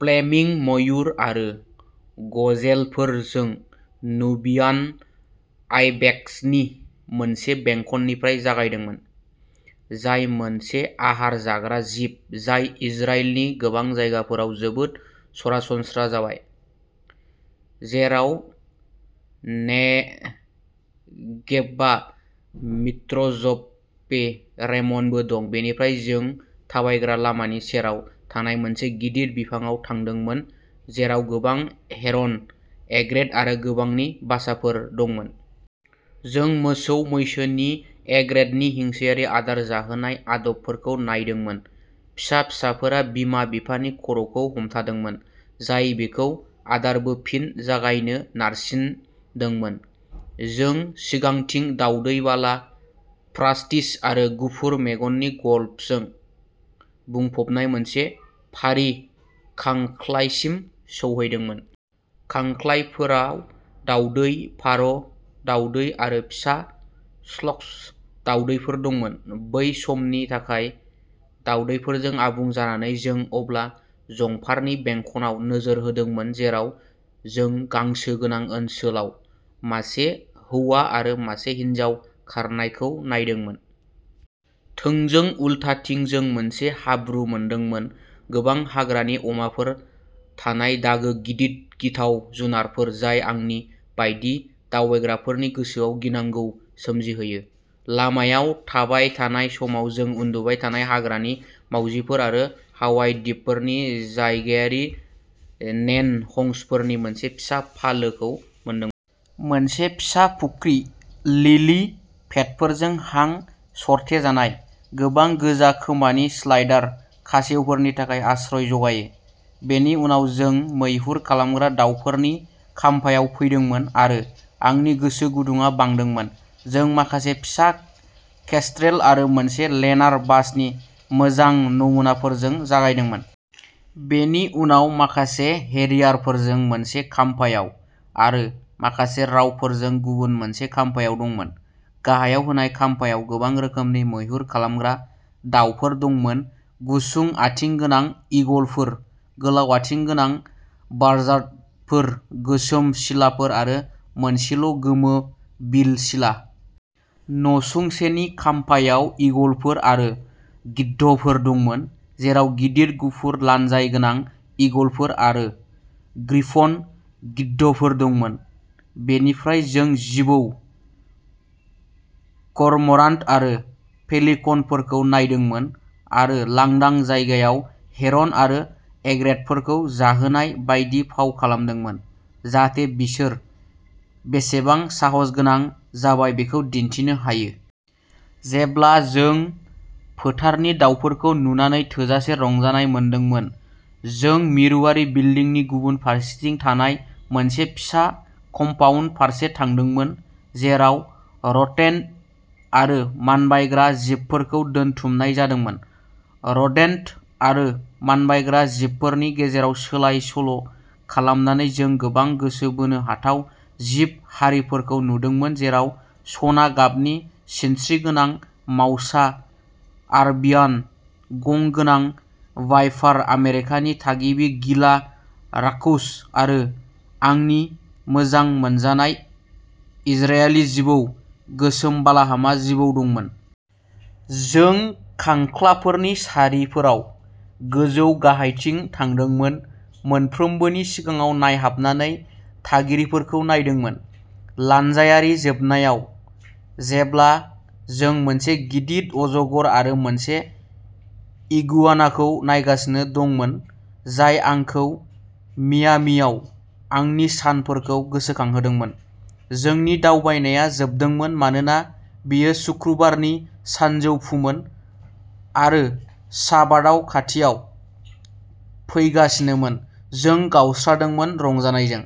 Fleming मयुर आरो गजेलफोर जों नुबियान आइबेक्सनि मोनसे बेंखननिफ्राय जागायदोंमोन, जाय मोनसे आहार जाग्रा जिब जाय इजराइलनि गोबां जायगाफोराव जोबोद सरासनस्रा जाबाय, जेराव नेगेभआ मिट्रजपे रेमनबो दं। बेनिफ्राय जों थाबायग्रा लामानि सेराव थानाय मोनसे गिदिर बिफांआव थांदोंमोन जेराव गोबां हेरन एग्रेट आरो गोबांनि बासाफोर दंमोन। जों मोसौ मैसोनि एग्रेटनि हिंसायारि आदार जाहोनाय आदबफोरखौ नायदोंमोन, फिसा फिसाफोरा बिमा बिफानि खर'खौ हमथादोंमोन, जाय बेखौ आदारखौ फिन जागायनो नारसिनदोंमोन। जों सिगांथिं दावदै बाला प्रास्टिज आरो गुफुर मेगननि गल्दजों बुंफबनाय मोनसे फारि खांख्लायसिम सौहैदोंमोन। खांख्लायफोराव दावदै, फार'ह, दावदै आरो फिसा स्लक्स दावदैफोर दंमोन। बै समनि थाखाय दावफोरजों आबुं जानानै जों अब्ला जंफारनि बेंखनआव नोजोर होदोंमोन जेराव जों गांसो गोनां ओनसोलाव मासे हौवा आरो मासे हिनजाव खारनायखौ नायदोंमोन। थोंजों उल्थाथिं जों मोनसे हाब्रु मोनदोंमोन। गोबां हाग्रानि अमाफोर थानाय दागो गिदिर गिथाव जुनारफोर जाय आंनि बायदि दावबायग्राफोरनि गोसोआव गिनांगौ सोमजिहोयो। लामायाव थाबाय थानाय समाव जों उन्दुबाय थानाय हाग्रानि मावजिफोर आरो हावाइ दिपफोरनि जायगायारि नेन हंसफोरनि मोनसे फिसा फालोखौ मोनदोंमोन। मोनसे फिसा फुख्रि, लिलि पेडफोरजों हां सरथेजानाय, गोबां गोजा खोमानि स्लाइडार खासेवफोरनि थाखाय आश्रय जगायो। बेनि उनाव जों मैहुर खालामग्रा दावफोरनि खाम्फायाव फैदोंमोन आरो आंनि गोसो गुदुंया बांदोंमोन। जों माखासे फिसा केस्ट्रेल आरो मोनसे लेनार बाजनि मोजां नमुनाफोरजों जागायदोंमोन। बेनि उनाव, माखासे हेरियारफोरजों मोनसे खाम्फायाव आरो माखासे रावफोरजों गुबुन मोनसे खाम्फायाव दंमोन। गाहायाव होनाय खाम्फायाव गोबां रोखोमनि मैहुर खालामग्रा दावफोर दंमोन गुसुं आथिं गोनां ईगलफोर, गोलाव आथिं गोनां बाजार्डफोर, गोसोम सिलाफोर आरो मोनसेल' गोमो बिल सिला। नसुंसेनि खाम्फायाव ईगलफोर आरो गिद्धफोर दंमोन जेराव गिदिर गुफुर लानजाय गोनां ईगलफोर आरो ग्रिफन गिद्धफोर दंमोन। बेनिफ्राय जों जिबौ करमरान्ट आरो पेलिकनफोरखौ नायहैदोंमोन आरो लांदां जायगायाव हेरन आरो इग्रेतफोरखौ जाहोनाय बायदि फाव खालामदोंमोन, जाहाथे बिसोर बेसेबां साहसगोनां जाबाय बेखौ दिन्थिनो हायो। जेब्ला जों फोथारनि दावफोरखौ नुनानै थोजासे रंजानाय मोनदोंमोन जों मिरुआरि बिल्दिंनि गुबुन फारसेथिं थानाय मोनसे फिसा कम्पाउन्ड फारसे थांदोंमोन जेराव रोदेन्ट आरो मानबायग्रा जिबफोरखौ दोनथुमनाय जादोंमोन। रोदेन्ट आरो मानबायग्रा जिबफोरनि गेजेराव सोलाय सोल'खालामनानै जों गोबां गोसो बोनो हाथाव जिब हारिफोरखौ नुदोंमोन जेराव सना गाबनि सिनस्रि गोनां माउसा आरबियान गं गोनां वाइपार आमेरिकानि थागिबि गिला राक्षस आरो आंनि मोजां मोनजानाय इजरायली जिबौ, गोसोम बालाहामा जिबौ दंमोन। जों खांख्लाफोरनि सारिफोराव गोजौ-गाहायथिं थांदोंमोन मोनफ्रोमबोनि सिङाव नायहाबनानै थागिरिफोरखौ नायदोंमोन। लानजायारि जोबनायाव जेब्ला जों मोनसे गिदिर अजगर आरो मोनसे इगुआनाखौ नायगासिनो दंमोन जाय आंखौ मियामीआव आंनि सानफोरखौ गोसोखांहोदोंमोन। जोंनि दावबायनाया जोबदोंमोन मानोना बेयो सुक्रुबारनि सानजौफुमोन आरो शाबातआ खाथियाव फैगासिनोमोन। जों गावस्रादोंमोन रंजानायजों